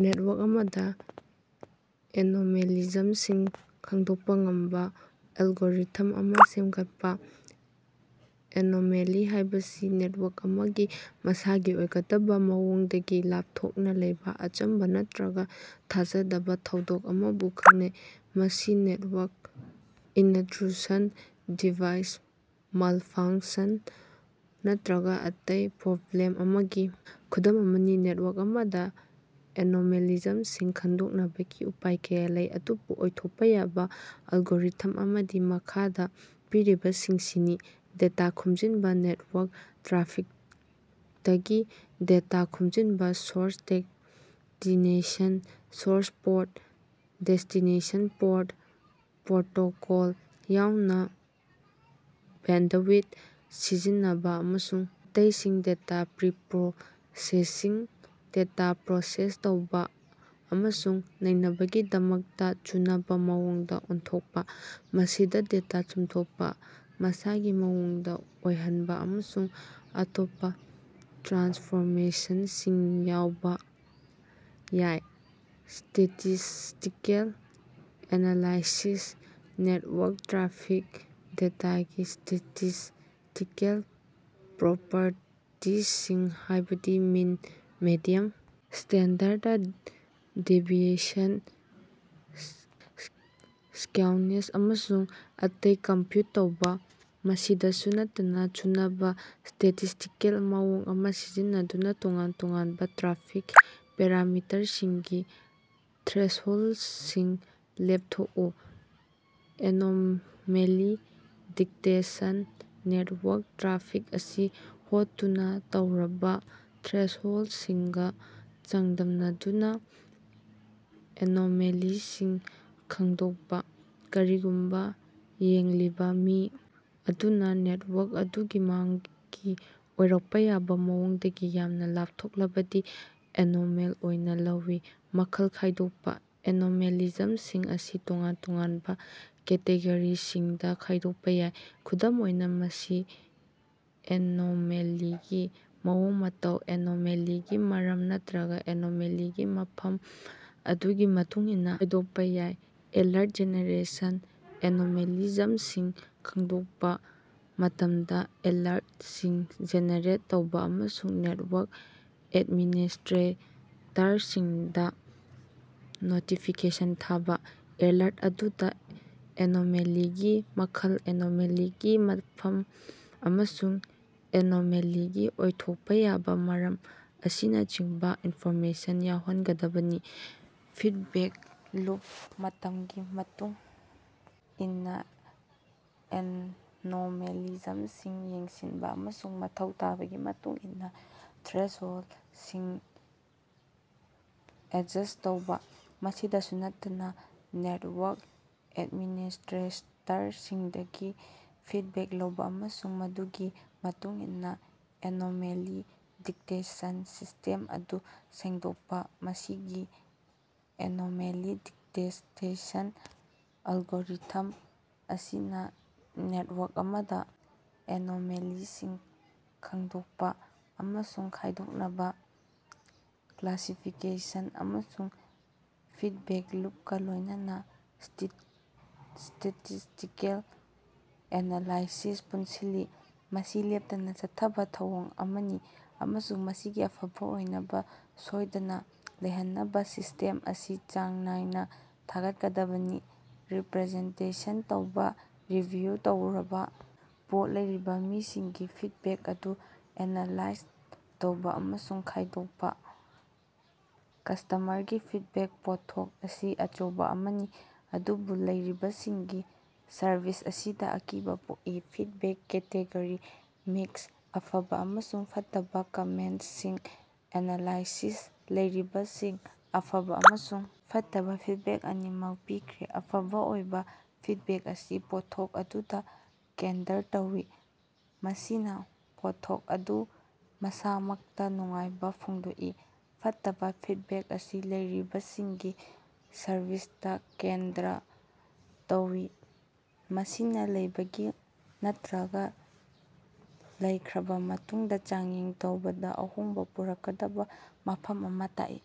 Network ꯑꯃꯗ ꯑꯦꯅꯣꯃꯦꯂꯤꯖꯝꯁꯤꯡ ꯈꯪꯗꯣꯛꯄ ꯉꯝꯕ ꯑꯦꯜꯒꯣꯔꯤꯊꯝ ꯑꯃ ꯁꯦꯝꯒꯠꯄ ꯫ ꯑꯦꯅꯣꯃꯦꯂꯤ ꯍꯥꯢꯕꯁꯤ ꯅꯦꯇꯋꯥꯔꯛ ꯑꯃꯒꯤ ꯃꯁꯥꯒꯤ ꯑꯣꯏꯒꯗꯕ ꯃꯑꯣꯡꯗꯒꯤ ꯂꯥꯞꯊꯣꯛꯅ ꯂꯩꯕꯥ ꯑꯆꯝꯕ ꯅꯠꯇ꯭ꯔꯒ ꯊꯥꯖꯗꯕ ꯊꯧꯗꯣꯛ ꯑꯃꯕꯨ ꯈꯪꯅꯩ꯫ ꯃꯁꯤ ꯅꯦꯇꯋꯥꯔꯛ ꯏꯅꯇ꯭ꯔꯨꯁꯟ, ꯗꯤꯚꯥꯏꯁ ꯃꯥꯜꯐꯡꯁꯟ ꯅꯠꯇ꯭ꯔꯒ ꯑꯇꯩ ꯄ꯭ꯔꯣꯕ꯭ꯂꯦꯝ ꯑꯃꯒꯤ ꯈꯨꯗꯝ ꯑꯃꯅꯤ꯫ ꯅꯦꯇꯋꯥꯔꯛ ꯑꯃꯗ ꯑꯦꯅꯣꯃꯦꯂꯤꯖꯝꯁꯤꯡ ꯈꯪꯗꯣꯛꯅꯕꯒꯤ ꯎꯄꯥꯏ ꯀꯌꯥ ꯂꯩ꯫ ꯑꯗꯨꯕꯨ ꯑꯣꯏꯊꯣꯛꯄ ꯌꯥꯕ ꯑꯦꯜꯒꯣꯔꯤꯊꯝ ꯑꯃꯗꯤ ꯃꯈꯥꯗ ꯄꯤꯔꯤꯕꯁꯤꯡꯁꯤꯅꯤ ꯗꯦꯇꯥ ꯈꯣꯝꯖꯟꯕ ꯅꯦꯇꯋꯥꯔꯛ ꯇ꯭ꯔꯥꯐꯤꯛꯇꯒꯤ ꯗꯦꯇꯥ ꯈꯣꯝꯖꯤꯟꯕ, source, destination, source port, destination port, protocol ꯌꯥꯎꯅꯥ꯫ ꯕꯦꯟꯗꯋꯤꯊ ꯁꯤꯖꯤꯟꯅꯕ ꯑꯃꯁꯨꯡ ꯑꯇꯩꯁꯤꯡ꯫ ꯗꯦꯇꯥ ꯄ꯭ꯔꯤꯄ꯭ꯔꯣꯁꯦꯁꯤꯡ ꯗꯦꯇꯥ ꯄ꯭ꯔꯣꯁꯦꯁ ꯇꯧꯕꯥ ꯑꯃꯁꯨꯡ ꯅꯩꯅꯕꯒꯤꯗꯃꯛꯇ ꯆꯨꯅꯕ ꯃꯑꯣꯡꯗ ꯑꯣꯟꯊꯣꯛꯄ꯫ ꯃꯁꯤꯗ ꯗꯦꯇꯥ ꯆꯨꯝꯊꯣꯛꯄ, ꯃꯁꯥꯒꯤ ꯃꯑꯣꯡꯗ ꯑꯣꯏꯍꯟꯕ ꯑꯃꯁꯨꯡ ꯑꯇꯣꯞꯄ ꯇ꯭ꯔꯥꯟꯁꯐꯣꯔꯃꯦꯁꯟꯁꯤꯡ ꯌꯥꯎꯕ ꯌꯥꯏ꯫ ꯁ꯭ꯇꯦꯇꯤꯁꯇꯤꯀꯦꯜ ꯑꯦꯅꯥꯂꯥꯏꯁꯤꯁ ꯅꯦꯇꯋꯥꯔꯛ ꯇ꯭ꯔꯥꯐꯤꯛ ꯗꯦꯇꯥꯒꯤ ꯁ꯭ꯇꯦꯇꯤꯁꯇꯤꯀꯦꯜ ꯄ꯭ꯔꯣꯄꯔꯇꯤꯁꯤꯡ ꯍꯥꯢꯕꯗꯤ mean, median, standard deviation, skewness ꯑꯃꯁꯨꯡ ꯑꯇꯩ ꯀꯝꯄ꯭ꯌꯨꯠ ꯇꯧꯕꯥ꯫ ꯃꯁꯤꯗꯁꯨ ꯅꯠꯇꯅ ꯆꯨꯅꯕ ꯁ꯭ꯇꯦꯇꯤꯁꯇꯤꯀꯦꯜ ꯃꯑꯣꯡ ꯑꯃ ꯁꯤꯖꯤꯟꯅꯗꯨꯅ ꯇꯣꯉꯥꯟ-ꯇꯣꯉꯥꯟꯕ ꯇ꯭ꯔꯥꯐꯤꯛ ꯄꯦꯔꯥꯃꯤꯇꯔꯁꯤꯡꯒꯤ ꯊ꯭ꯔꯦꯁꯍꯣꯜꯗꯁꯤꯡ ꯂꯦꯞꯊꯣꯛꯎ꯫ ꯑꯦꯅꯣꯃꯦꯂꯤ ꯗꯤꯇꯦꯛꯁꯟ ꯅꯦꯇꯋꯥꯔꯛ ꯇ꯭ꯔꯥꯐꯤꯛ ꯑꯁꯤ ꯍꯣꯠꯇꯨꯅ ꯇꯧꯔꯕ ꯊ꯭ꯔꯦꯁꯍꯣꯜꯗꯁꯤꯡꯒ ꯆꯥꯡꯗꯝꯅꯗꯨꯅ ꯑꯦꯅꯣꯃꯦꯂꯤꯁꯤꯡ ꯈꯡꯗꯣꯛꯄ꯫ ꯀꯔꯤꯒꯨꯝꯕ ꯌꯦꯡꯂꯤꯕ ꯃꯤ ꯑꯗꯨꯅ ꯅꯦꯇꯋꯥꯔꯛ ꯑꯗꯨꯒꯤ ꯃꯥꯒꯤ ꯑꯣꯏꯔꯛꯄ ꯌꯥꯕ ꯃꯑꯣꯡꯗꯒꯤ ꯌꯥꯝꯅ ꯂꯥꯞꯊꯣꯛꯂꯕꯗꯤ ꯑꯦꯅꯣꯃꯦꯜ ꯑꯣꯏꯅ ꯂꯧꯏ꯫ ꯃꯈꯜ ꯈꯥꯏꯗꯣꯛꯄ: ꯑꯦꯅꯣꯃꯦꯂꯤꯖꯝꯁꯤꯡ ꯑꯁꯤ ꯇꯣꯉꯥꯟ ꯇꯣꯉꯥꯟꯕ ꯀꯦꯇꯦꯒꯣꯔꯤꯁꯤꯡꯗ ꯏꯗꯣꯛꯄ ꯌꯥꯏ꯫ ꯈꯨꯗꯝ ꯑꯣꯏꯅ ꯃꯁꯤ ꯑꯦꯅꯣꯃꯦꯂꯤꯒꯤ ꯃꯑꯣꯡ-ꯃꯇꯧ, ꯑꯦꯅꯣꯃꯦꯂꯤꯒꯤ ꯃꯔꯝ ꯅꯠꯇ꯭ꯔꯒꯥ ꯑꯦꯅꯣꯃꯦꯂꯤꯒꯤ ꯃꯐꯝ ꯑꯗꯨꯒꯤ ꯃꯇꯨꯡꯏꯟꯅ ꯈꯥꯏꯗꯣꯛꯄ ꯌꯥꯏ꯫ ꯑꯦꯂꯔꯠ ꯖꯦꯅꯦꯔꯦꯁꯟ: ꯑꯦꯅꯣꯃꯦꯂꯤꯖꯝꯁꯤꯡ ꯈꯡꯗꯣꯛꯄ ꯃꯇꯝꯗ ꯑꯦꯂꯔꯇꯁꯤꯡ ꯖꯦꯅꯦꯔꯦꯠ ꯇꯧꯕꯥ ꯑꯃꯁꯨꯡ ꯅꯦꯇꯋꯥꯔꯛ ꯑꯦꯗꯃꯤꯅꯤꯁꯇ꯭ꯔꯦꯇꯔꯁꯤꯡꯗ ꯅꯣꯇꯤꯐꯤꯀꯦꯁꯟ ꯊꯥꯕꯥ꯫ ꯑꯦꯂꯔꯠ ꯑꯗꯨꯗ ꯑꯦꯅꯣꯃꯦꯂꯤꯒꯤ ꯃꯈꯜ, ꯑꯦꯅꯣꯃꯦꯂꯤꯒꯤ ꯃꯐꯝ ꯑꯃꯁꯨꯡ ꯑꯦꯅꯣꯃꯦꯂꯤꯒꯤ ꯑꯣꯏꯊꯣꯛꯄ ꯌꯥꯕ ꯃꯔꯝ ꯑꯁꯤꯅꯆꯤꯡꯕ ꯏꯟꯐꯣꯔꯃꯦꯁꯟ ꯌꯥꯎꯍꯟꯒꯗꯕꯅꯤ꯫ ꯐꯤꯗꯕꯦꯛ ꯂꯨꯞ ꯃꯇꯝꯒꯤ ꯃꯇꯨꯡ ꯏꯟꯅ ꯑꯦꯅꯣꯃꯦꯂꯤꯖꯝꯁꯤꯡ ꯌꯦꯡꯁꯤꯟꯕ ꯑꯃꯁꯨꯡ ꯃꯊꯧ ꯇꯥꯕꯒꯤ ꯃꯇꯨꯡ ꯏꯟꯅ ꯊ꯭ꯔꯦꯁꯍꯣꯜꯗꯁꯤꯡ ꯑꯦꯗꯖꯁ꯭ꯠ ꯇꯧꯕꯥ꯫ ꯃꯁꯤꯗꯁꯨ ꯅꯠꯇꯅ ꯅꯦꯇꯋꯥꯔꯛ ꯑꯦꯗꯃꯤꯅꯤꯁꯇ꯭ꯔꯦꯇꯔꯁꯤꯡꯗꯒꯤ ꯐꯤꯗꯕꯦꯛ ꯂꯧꯕ ꯑꯃꯁꯨꯡ ꯃꯗꯨꯒꯤ ꯃꯇꯨꯡꯏꯟꯅ ꯑꯦꯅꯣꯃꯦꯂꯤ ꯗꯤꯇꯦꯛꯁꯟ ꯁꯤꯁꯇꯦꯝ ꯑꯗꯨ ꯁꯦꯡꯗꯣꯛꯄ ꯫ ꯃꯁꯤꯒꯤ ꯑꯦꯅꯣꯃꯦꯂꯤ ꯗꯤꯇꯦꯛꯇꯦꯁꯟ ꯑꯦꯜꯒꯣꯔꯤꯊꯝ ꯑꯁꯤꯅ ꯅꯦꯇꯋꯥꯔꯛ ꯑꯃꯗ ꯑꯦꯅꯣꯃꯦꯂꯤꯁꯤꯡ ꯈꯡꯗꯣꯛꯄ ꯑꯃꯁꯨꯡ ꯈꯥꯏꯗꯣꯛꯅꯕ ꯀ꯭ꯂꯥꯁꯤꯐꯤꯀꯦꯁꯟ ꯑꯃꯁꯨꯡ ꯐꯤꯗꯕꯦꯛ ꯂꯨꯞꯀ ꯂꯣꯢꯅꯥꯅ ꯁ꯭ꯇꯦꯇꯤꯁꯇꯤꯀꯦꯜ ꯑꯦꯅꯥꯂꯥꯏꯁꯤꯁ ꯄꯨꯟꯁꯤꯜꯂꯤ꯫ ꯃꯁꯤ ꯂꯦꯞꯇꯅ ꯆꯠꯊꯕ ꯊꯧꯑꯣꯡ ꯑꯃꯅꯤ ꯑꯃꯁꯨꯡ ꯃꯁꯤꯒꯤ ꯑꯐꯕ ꯑꯣꯏꯅꯕ ꯁꯣꯢꯗꯅ ꯂꯩꯍꯟꯅꯕ ꯁꯤꯁꯇꯦꯝ ꯑꯁꯤ ꯆꯥꯡ ꯅꯥꯏꯅ ꯊꯥꯒꯠꯀꯗꯕꯅꯤ ꯫ ꯔꯤꯄ꯭ꯔꯖꯦꯟꯇꯦꯁꯟ ꯇꯧꯕꯥ꯫ ꯔꯤꯚꯤꯌꯨ ꯇꯧꯔꯕꯥ ꯄꯣꯠ ꯂꯩꯔꯤꯕ ꯃꯤꯁꯤꯡꯒꯤ ꯐꯤꯗꯕꯦꯛ ꯑꯗꯨ ꯑꯦꯅꯥꯂꯥꯏꯖ ꯇꯧꯕꯥ ꯑꯃꯁꯨꯡ ꯈꯥꯏꯗꯣꯛꯄ ꯫ ꯀꯁꯇꯃꯔꯒꯤ ꯐꯤꯗꯕꯦꯛ: ꯄꯣꯠꯊꯣꯛ ꯑꯁꯤ ꯑꯆꯧꯕꯥ ꯑꯃꯅꯤ ꯑꯗꯨꯕꯨ ꯂꯩꯔꯤꯕꯁꯤꯡꯒꯤ ꯁꯔꯕꯤꯁ ꯑꯁꯤꯗꯤ ꯑꯀꯤꯕꯥ ꯄꯣꯛꯏ꯫ ꯐꯤꯗꯕꯦꯛ ꯀꯦꯇꯦꯒꯣꯔꯤ: ꯃꯤꯛꯁ (ꯑꯐꯕ ꯑꯃꯁꯨꯡ ꯐꯠꯇꯕ ꯀꯃꯦꯟꯇꯁꯤꯡ) ꯑꯦꯅꯥꯂꯥꯏꯁꯤꯁ: ꯂꯩꯔꯤꯕꯁꯤꯡꯅ ꯑꯐꯕ ꯑꯃꯁꯨꯡ ꯐꯠꯇꯕ ꯐꯤꯗꯕꯦꯛ ꯑꯅꯤꯃꯛ ꯄꯤꯈ꯭ꯔꯦ꯫ ꯑꯐꯕ ꯑꯣꯏꯕ ꯐꯤꯗꯕꯦꯛ ꯑꯁꯤ ꯄꯣꯠꯊꯣꯛ ꯑꯗꯨꯗ ꯀꯦꯟꯗꯔ ꯇꯧꯏ, ꯃꯁꯤꯅꯥ ꯄꯣꯠꯊꯣꯛ ꯑꯗꯨ ꯃꯁꯥꯃꯛꯇ ꯅꯨꯡꯉꯥꯏꯕ ꯐꯣꯡꯗꯣꯛꯏ꯫ ꯐꯠꯇꯕ ꯐꯤꯗꯕꯦꯛ ꯑꯁꯤ ꯂꯩꯔꯤꯕꯁꯤꯡꯒꯤ ꯁꯔꯚꯤꯁꯇ ꯀꯦꯟꯗꯔ ꯇꯧꯏ ꯃꯁꯤꯅꯥ ꯂꯩꯕꯗ ꯅꯠꯇ꯭ꯔꯒ ꯂꯩꯈ꯭ꯔꯕ ꯃꯇꯨꯡꯗ ꯆꯥꯡꯌꯦꯡ ꯇꯧꯕꯗ ꯑꯍꯣꯡꯕ ꯄꯨꯔꯛꯀꯗꯕ ꯃꯐꯝ ꯑꯃ ꯇꯥꯛꯏ꯫